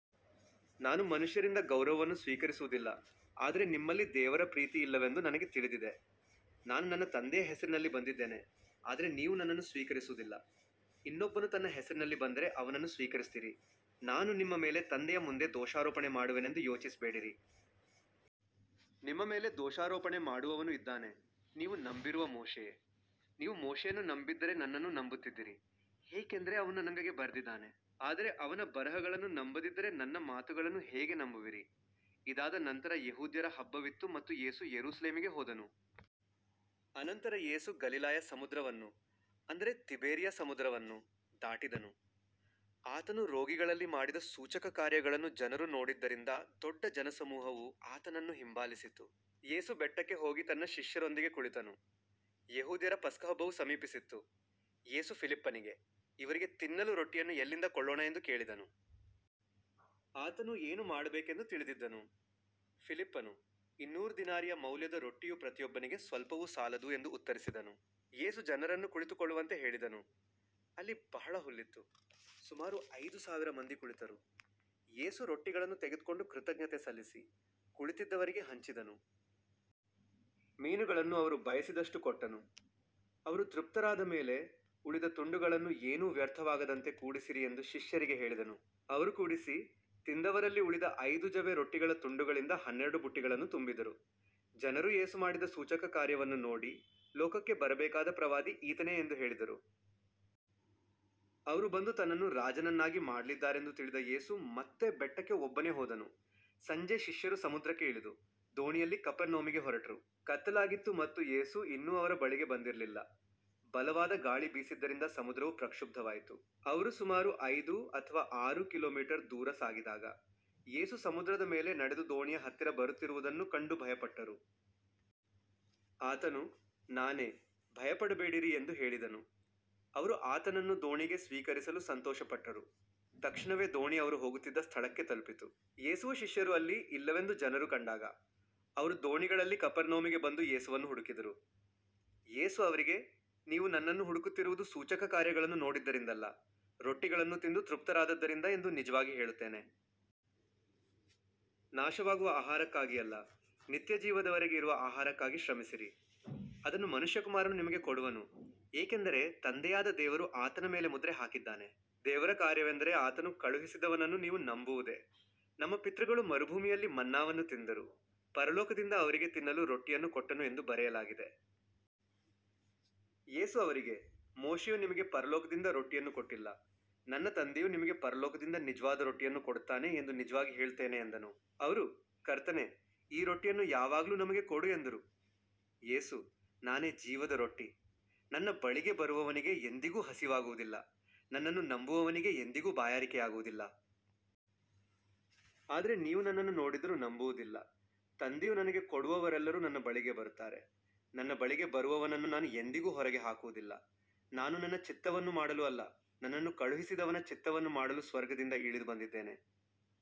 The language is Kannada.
ನಾನು ಮನುಷ್ಯರಿಂದ ಗೌರವವನ್ನು ಸ್ವೀಕರಿಸುವುದಿಲ್ಲ, ಆದರೆ ನಿಮ್ಮಲ್ಲಿ ದೇವರ ಪ್ರೀತಿ ಇಲ್ಲವೆಂದು ನನಗೆ ತಿಳಿದಿದೆ. ನಾನು ನನ್ನ ತಂದೆಯ ಹೆಸರಿನಲ್ಲಿ ಬಂದಿದ್ದೇನೆ, ಆದರೆ ನೀವು ನನ್ನನ್ನು ಸ್ವೀಕರಿಸುವುದಿಲ್ಲ. ಇನ್ನೊಬ್ಬನು ತನ್ನ ಹೆಸರಿನಲ್ಲಿ ಬಂದರೆ ಅವನನ್ನು ಸ್ವೀಕರಿಸುತ್ತೀರಿ. ನಾನು ನಿಮ್ಮ ಮೇಲೆ ತಂದೆಯ ಮುಂದೆ ದೋಷಾರೋಪಣೆ ಮಾಡುವೆನೆಂದು ಯೋಚಿಸಬೇಡಿರಿ. ನಿಮ್ಮ ಮೇಲೆ ದೋಷಾರೋಪಣೆ ಮಾಡುವವನು ಇದ್ದಾನೆ, ನೀವು ನಂಬಿರುವ ಮೋಶೆಯೇ. ನೀವು ಮೋಶೆಯನ್ನು ನಂಬಿದ್ದರೆ ನನ್ನನ್ನೂ ನಂಬುತ್ತಿದ್ದಿರಿ, ಏಕೆಂದರೆ ಅವನು ನನ್ನ ಬಗ್ಗೆ ಬರೆದಿದ್ದಾನೆ. ಆದರೆ ಅವನ ಬರಹಗಳನ್ನು ನಂಬದಿದ್ದರೆ ನನ್ನ ಮಾತುಗಳನ್ನು ಹೇಗೆ ನಂಬುವಿರಿ. ಇದಾದ ನಂತರ ಯೆಹೂದ್ಯರ ಹಬ್ಬವಿತ್ತು ಮತ್ತು ಯೇಸು ಯೆರೂಸಲೇಮಿಗೆ ಹೋದನು. ಅನಂತರ ಯೇಸು ಗಲಿಲಾಯ ಸಮುದ್ರವನ್ನು, ಅಂದರೆ ತಿಬೇರಿಯ ಸಮುದ್ರವನ್ನು, ದಾಟಿದನು. ಆತನು ರೋಗಿಗಳಲ್ಲಿ ಮಾಡಿದ ಸೂಚಕಕಾರ್ಯಗಳನ್ನು ಜನರು ನೋಡಿದ್ದರಿಂದ ದೊಡ್ಡ ಜನಸಮೂಹವು ಆತನನ್ನು ಹಿಂಬಾಲಿಸಿತು. ಯೇಸು ಬೆಟ್ಟಕ್ಕೆ ಹೋಗಿ ತನ್ನ ಶಿಷ್ಯರೊಂದಿಗೆ ಕುಳಿತನು. ಯೆಹೂದ್ಯರ ಪಸ್ಕಹಬ್ಬವು ಸಮೀಪಿಸಿತ್ತು. ಯೇಸು ಫಿಲಿಪ್ಪನಿಗೆ, ಇವರಿಗೆ ತಿನ್ನಲು ರೊಟ್ಟಿಯನ್ನು ಎಲ್ಲಿಂದ ಕೊಳ್ಳೋಣ ಎಂದು ಕೇಳಿದನು. ಆತನು ಏನು ಮಾಡಬೇಕೆಂದು ತಿಳಿದಿದ್ದನು. ಫಿಲಿಪ್ಪನು, ಇನ್ನೂರು ದಿನಾರಿಯ ಮೌಲ್ಯದ ರೊಟ್ಟಿಯೂ ಪ್ರತಿಯೊಬ್ಬನಿಗೆ ಸ್ವಲ್ಪವೂ ಸಾಲದು ಎಂದು ಉತ್ತರಿಸಿದನು. ಯೇಸು ಜನರನ್ನು ಕುಳಿತುಕೊಳ್ಳುವಂತೆ ಹೇಳಿದನು. ಅಲ್ಲಿ ಬಹಳ ಹುಲ್ಲಿತ್ತು. ಸುಮಾರು ಐದು ಸಾವಿರ ಮಂದಿ ಕುಳಿತರು. ಯೇಸು ರೊಟ್ಟಿಗಳನ್ನು ತೆಗೆದುಕೊಂಡು ಕೃತಜ್ಞತೆ ಸಲ್ಲಿಸಿ, ಕುಳಿತಿದ್ದವರಿಗೆ ಹಂಚಿದನು. ಮೀನುಗಳನ್ನೂ ಅವರು ಬಯಸಿದಷ್ಟು ಕೊಟ್ಟನು. ಅವರು ತೃಪ್ತರಾದ ಮೇಲೆ, ಉಳಿದ ತುಂಡುಗಳನ್ನು ಏನೂ ವ್ಯರ್ಥವಾಗದಂತೆ ಕೂಡಿಸಿರಿ ಎಂದು ಶಿಷ್ಯರಿಗೆ ಹೇಳಿದನು. ಅವರು ಕೂಡಿಸಿ, ತಿಂದವರಲ್ಲಿ ಉಳಿದ ಐದು ಜವೆ ರೊಟ್ಟಿಗಳ ತುಂಡುಗಳಿಂದ ಹನ್ನೆರಡು ಬುಟ್ಟಿಗಳನ್ನು ತುಂಬಿದರು. ಜನರು ಯೇಸು ಮಾಡಿದ ಸೂಚಕಕಾರ್ಯವನ್ನು ನೋಡಿ, ಲೋಕಕ್ಕೆ ಬರಬೇಕಾದ ಪ್ರವಾದಿ ಈತನೇ ಎಂದು ಹೇಳಿದರು. ಅವರು ಬಂದು ತನ್ನನ್ನು ರಾಜನನ್ನಾಗಿ ಮಾಡಲಿದ್ದಾರೆಂದು ತಿಳಿದ ಯೇಸು ಮತ್ತೆ ಬೆಟ್ಟಕ್ಕೆ ಒಬ್ಬನೇ ಹೋದನು. ಸಂಜೆ ಶಿಷ್ಯರು ಸಮುದ್ರಕ್ಕೆ ಇಳಿದು, ದೋಣಿಯಲ್ಲಿ ಕಪೆರ್ನೌಮಿಗೆ ಹೊರಟರು. ಕತ್ತಲಾಗಿತ್ತು ಮತ್ತು ಯೇಸು ಇನ್ನೂ ಅವರ ಬಳಿಗೆ ಬಂದಿರಲಿಲ್ಲ. ಬಲವಾದ ಗಾಳಿ ಬೀಸಿದ್ದರಿಂದ ಸಮುದ್ರವು ಪ್ರಕ್ಷುಬ್ಧವಾಯಿತು. ಅವರು ಸುಮಾರು ಐದು ಅಥವಾ ಆರು ಕಿಲೋಮೀಟರ್ ದೂರ ಸಾಗಿದಾಗ, ಯೇಸು ಸಮುದ್ರದ ಮೇಲೆ ನಡೆದು ದೋಣಿಯ ಹತ್ತಿರ ಬರುತ್ತಿರುವುದನ್ನು ಕಂಡು ಭಯಪಟ್ಟರು. ಆತನು, ನಾನೇ, ಭಯಪಡಬೇಡಿರಿ ಎಂದು ಹೇಳಿದನು. ಅವರು ಆತನನ್ನು ದೋಣಿಗೆ ಸ್ವೀಕರಿಸಲು ಸಂತೋಷಪಟ್ಟರು. ತಕ್ಷಣವೇ ದೋಣಿ ಅವರು ಹೋಗುತ್ತಿದ್ದ ಸ್ಥಳಕ್ಕೆ ತಲುಪಿತು. ಯೇಸುವೂ ಶಿಷ್ಯರೂ ಅಲ್ಲಿ ಇಲ್ಲವೆಂದು ಜನರು ಕಂಡಾಗ, ಅವರು ದೋಣಿಗಳಲ್ಲಿ ಕಪೆರ್ನೌಮಿಗೆ ಬಂದು ಯೇಸುವನ್ನು ಹುಡುಕಿದರು. ಯೇಸು ಅವರಿಗೆ, ನೀವು ನನ್ನನ್ನು ಹುಡುಕುತ್ತಿರುವುದು ಸೂಚಕಕಾರ್ಯಗಳನ್ನು ನೋಡಿದ್ದರಿಂದಲ್ಲ, ರೊಟ್ಟಿಗಳನ್ನು ತಿಂದು ತೃಪ್ತರಾದದ್ದರಿಂದ ಎಂದು ನಿಜವಾಗಿ ಹೇಳುತ್ತೇನೆ. ನಾಶವಾಗುವ ಆಹಾರಕ್ಕಾಗಿ ಅಲ್ಲ, ನಿತ್ಯಜೀವದವರೆಗೆ ಇರುವ ಆಹಾರಕ್ಕಾಗಿ ಶ್ರಮಿಸಿರಿ. ಅದನ್ನು ಮನುಷ್ಯಕುಮಾರನು ನಿಮಗೆ ಕೊಡುವನು, ಏಕೆಂದರೆ ತಂದೆಯಾದ ದೇವರು ಆತನ ಮೇಲೆ ಮುದ್ರೆ ಹಾಕಿದ್ದಾನೆ. ದೇವರ ಕಾರ್ಯವೆಂದರೆ ಆತನು ಕಳುಹಿಸಿದವನನ್ನು ನೀವು ನಂಬುವುದೇ. ನಮ್ಮ ಪಿತೃಗಳು ಮರುಭೂಮಿಯಲ್ಲಿ ಮನ್ನಾವನ್ನು ತಿಂದರು, ಪರಲೋಕದಿಂದ ಅವರಿಗೆ ತಿನ್ನಲು ರೊಟ್ಟಿಯನ್ನು ಕೊಟ್ಟನು ಎಂದು ಬರೆಯಲಾಗಿದೆ. ಯೇಸು ಅವರಿಗೆ, ಮೋಶೆಯು ನಿಮಗೆ ಪರಲೋಕದಿಂದ ರೊಟ್ಟಿಯನ್ನು ಕೊಟ್ಟಿಲ್ಲ. ನನ್ನ ತಂದೆಯು ನಿಮಗೆ ಪರಲೋಕದಿಂದ ನಿಜವಾದ ರೊಟ್ಟಿಯನ್ನು ಕೊಡುತ್ತಾನೆ ಎಂದು ನಿಜವಾಗಿ ಹೇಳುತ್ತೇನೆ ಎಂದನು. ಅವರು, ಕರ್ತನೇ, ಈ ರೊಟ್ಟಿಯನ್ನು ಯಾವಾಗಲೂ ನಮಗೆ ಕೊಡು ಎಂದರು. ಯೇಸು, ನಾನೇ ಜೀವದ ರೊಟ್ಟಿ. ನನ್ನ ಬಳಿಗೆ ಬರುವವನಿಗೆ ಎಂದಿಗೂ ಹಸಿವಾಗುವುದಿಲ್ಲ, ನನ್ನನ್ನು ನಂಬುವವನಿಗೆ ಎಂದಿಗೂ ಬಾಯಾರಿಕೆಯಾಗುವುದಿಲ್ಲ. ಆದರೆ ನೀವು ನನ್ನನ್ನು ನೋಡಿದ್ದರೂ ನಂಬುವುದಿಲ್ಲ. ತಂದೆಯು ನನಗೆ ಕೊಡುವವರೆಲ್ಲರೂ ನನ್ನ ಬಳಿಗೆ ಬರುತ್ತಾರೆ. ನನ್ನ ಬಳಿಗೆ ಬರುವವನನ್ನು ನಾನು ಎಂದಿಗೂ ಹೊರಗೆ ಹಾಕುವುದಿಲ್ಲ. ನಾನು ನನ್ನ ಚಿತ್ತವನ್ನು ಮಾಡಲು ಅಲ್ಲ, ನನ್ನನ್ನು ಕಳುಹಿಸಿದವನ ಚಿತ್ತವನ್ನು ಮಾಡಲು ಸ್ವರ್ಗದಿಂದ ಇಳಿದುಬಂದಿದ್ದೇನೆ.